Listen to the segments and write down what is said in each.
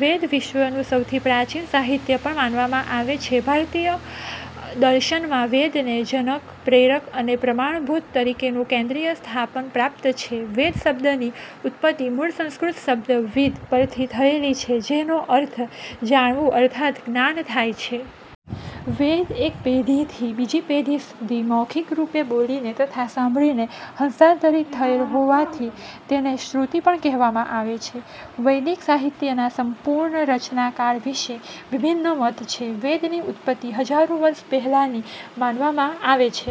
વેદ વિશ્વનું સૌથી પ્રાચીન સાહિત્ય પણ માનવામાં આવે છે. ભારતીય દર્શનમાં વેદને જનક, પ્રેરક અને પ્રમાણભૂત તરીકેનું કેન્દ્રીય સ્થાન પ્રાપ્ત છે. 'વેદ' શબ્દની ઉત્પત્તિ મૂળ સંસ્કૃત શબ્દ 'વિદ્' પરથી થયેલી છે, જેનો અર્થ 'જાણવું' અર્થાત જ્ઞાન થાય છે. વેદ એક પેઢીથી બીજી પેઢી સુધી મૌખિકરૂપે બોલીને તથા સાંભળીને હસ્તાંતરિત થયેલા હોવાથી તેને શ્રુતિ પણ કહેવામાં આવે છે. વૈદિક સાહિત્યના સંપૂર્ણ રચનાકાળ વિશે વિભિન્ન મત છે. વેદની ઉત્પત્તિ હજારો વર્ષો પહેલાની માનવામાં આવે છે.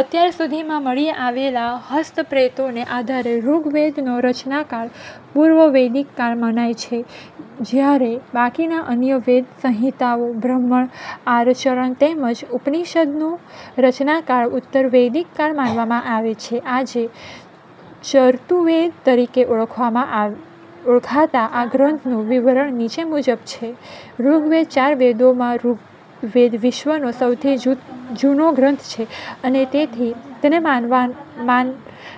અત્યાર સુધીમાં મળી આવેલી હસ્તપ્રતોને આધારે ઋગ્વેદનો રચનાકાળ પૂર્વ વૈદિક કાળ મનાય છે, જ્યારે બાકીના અન્ય વેદ, સંહિતાઓ, બ્રાહ્મણ, આરણ્યક તેમજ ઉપનિષદોનો રચનાકાળ ઉત્તર વૈદિક કાળ માનવામાં આવે છે. આજે 'ચતુર્વેદ' તરીકે ઓળખાતા આ ગ્રંથોનું વિવરણ નીચે મુજબ છે: ઋગ્વેદ ચાર વેદોમાં ઋગ્વેદ વિશ્વનો સૌથી જૂનો ગ્રંથ છે અને તેથી તેને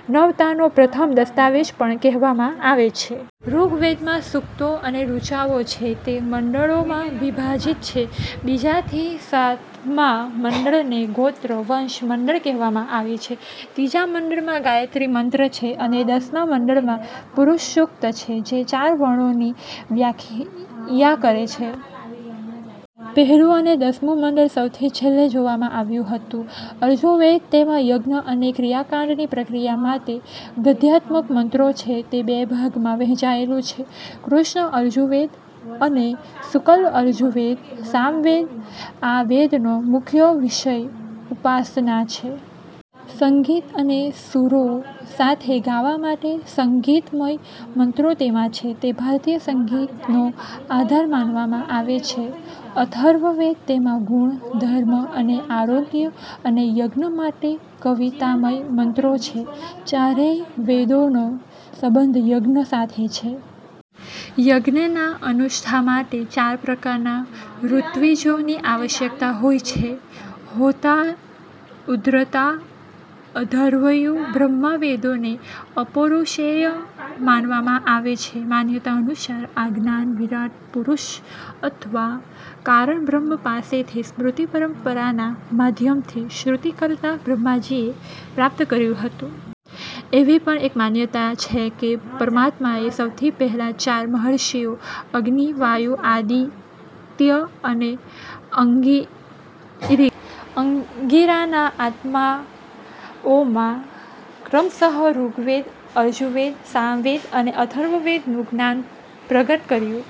માનવતાનો પ્રથમ દસ્તાવેજ પણ કહેવામાં આવે છે. ઋગ્વેદમાં સૂક્તો અને ઋચાઓ છે. તે મંડળોમાં વિભાજિત છે. બીજાથી સાતમા મંડળને 'ગોત્ર/વંશ મંડળ' કહેવામાં આવે છે. ત્રીજા મંડળમાં ગાયત્રી મંત્ર છે અને દસમા મંડળમાં પુરુષસૂક્ત છે, જે ચાર વર્ણો ની વ્યાખ્યા કરે છે. પહેલું અને દસમું મંડળ સૌથી છેલ્લે જોડવામાં આવ્યું હતું. યજુર્વેદ તેમાં યજ્ઞ અને ક્રિયાકાંડની પ્રક્રિયા માટે ગદ્યાત્મક મંત્રો છે. તે બે ભાગમાં વહેંચાયેલું છે: કૃષ્ણ યજુર્વેદ અને શુક્લ યજુર્વેદ. સામવેદ આ વેદનો મુખ્ય વિષય ઉપાસના છે. સંગીત અને સૂરો સાથે ગાવા માટે સંગીતમય મંત્રો તેમાં છે. તે ભારતીય સંગીતનો આધાર માનવામાં આવે છે. અથર્વવેદ તેમાં ગુણ, ધર્મ, આરોગ્ય અને યજ્ઞ માટે કવિતામય મંત્રો છે. ચારેય વેદોનો સંબંધ યજ્ઞ સાથે છે. યજ્ઞના અનુષ્ઠાન માટે ચાર પ્રકારના ઋત્વિજો ની આવશ્યકતા હોય છે: હોતા ઉદ્ગાતા અધ્વર્યુ બ્રહ્મા વેદોને અપૌરુષેય માનવામાં આવે છે. માન્યતા અનુસાર આ જ્ઞાન વિરાટપુરુષ અથવા કારણબ્રહ્મ પાસેથી શ્રુતિ પરંપરાના માધ્યમથી સૃષ્ટિકર્તા બ્રહ્માજીએ પ્રાપ્ત કર્યું હતું. એવી પણ એક માન્યતા છે કે પરમાત્માએ સૌથી પહેલા ચાર મહર્ષિઓ અગ્નિ, વાયુ, આદિત્ય અને અંગિરા ના આત્માઓમાં ક્રમશઃ ઋગ્વેદ, યજુર્વેદ, સામવેદ અને અથર્વવેદનું જ્ઞાન પ્રગટ કર્યું.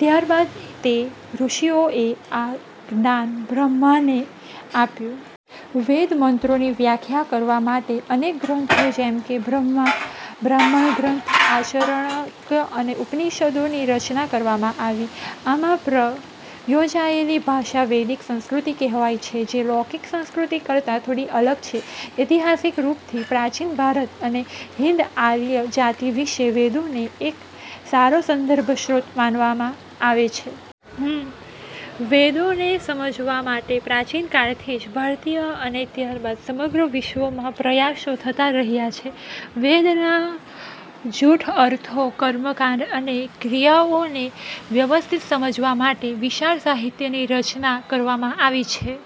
ત્યારબાદ તે ઋષિઓએ આ જ્ઞાન બ્રહ્માને આપ્યું. વેદ મંત્રોની વ્યાખ્યા કરવા માટે અનેક ગ્રંથો જેમ કે બ્રાહ્મણ-ગ્રંથ, આરણ્યક અને ઉપનિષદોની રચના કરવામાં આવી. આમાં પ્રયોજાયેલી ભાષા વૈદિક સંસ્કૃત કહેવાય છે, જે લૌકિક સંસ્કૃત કરતા થોડી અલગ છે. ઐતિહાસિક રૂપથી પ્રાચીન ભારત અને હિંદ-આર્ય જાતિ વિશે વેદોને એક સારો સંદર્ભ સ્ત્રોત માનવામાં આવે છે. વેદોને સમજવા માટે પ્રાચીન કાળથી જ ભારતીય અને ત્યારબાદ સમગ્ર વિશ્વમાં પ્રયાસો થતા રહ્યા છે. વેદના ગૂઢ અર્થો, કર્મકાંડ અને ક્રિયાઓને વ્યવસ્થિત સમજવા માટે વિશાળ સાહિત્યની રચના કરવામાં આવી છે.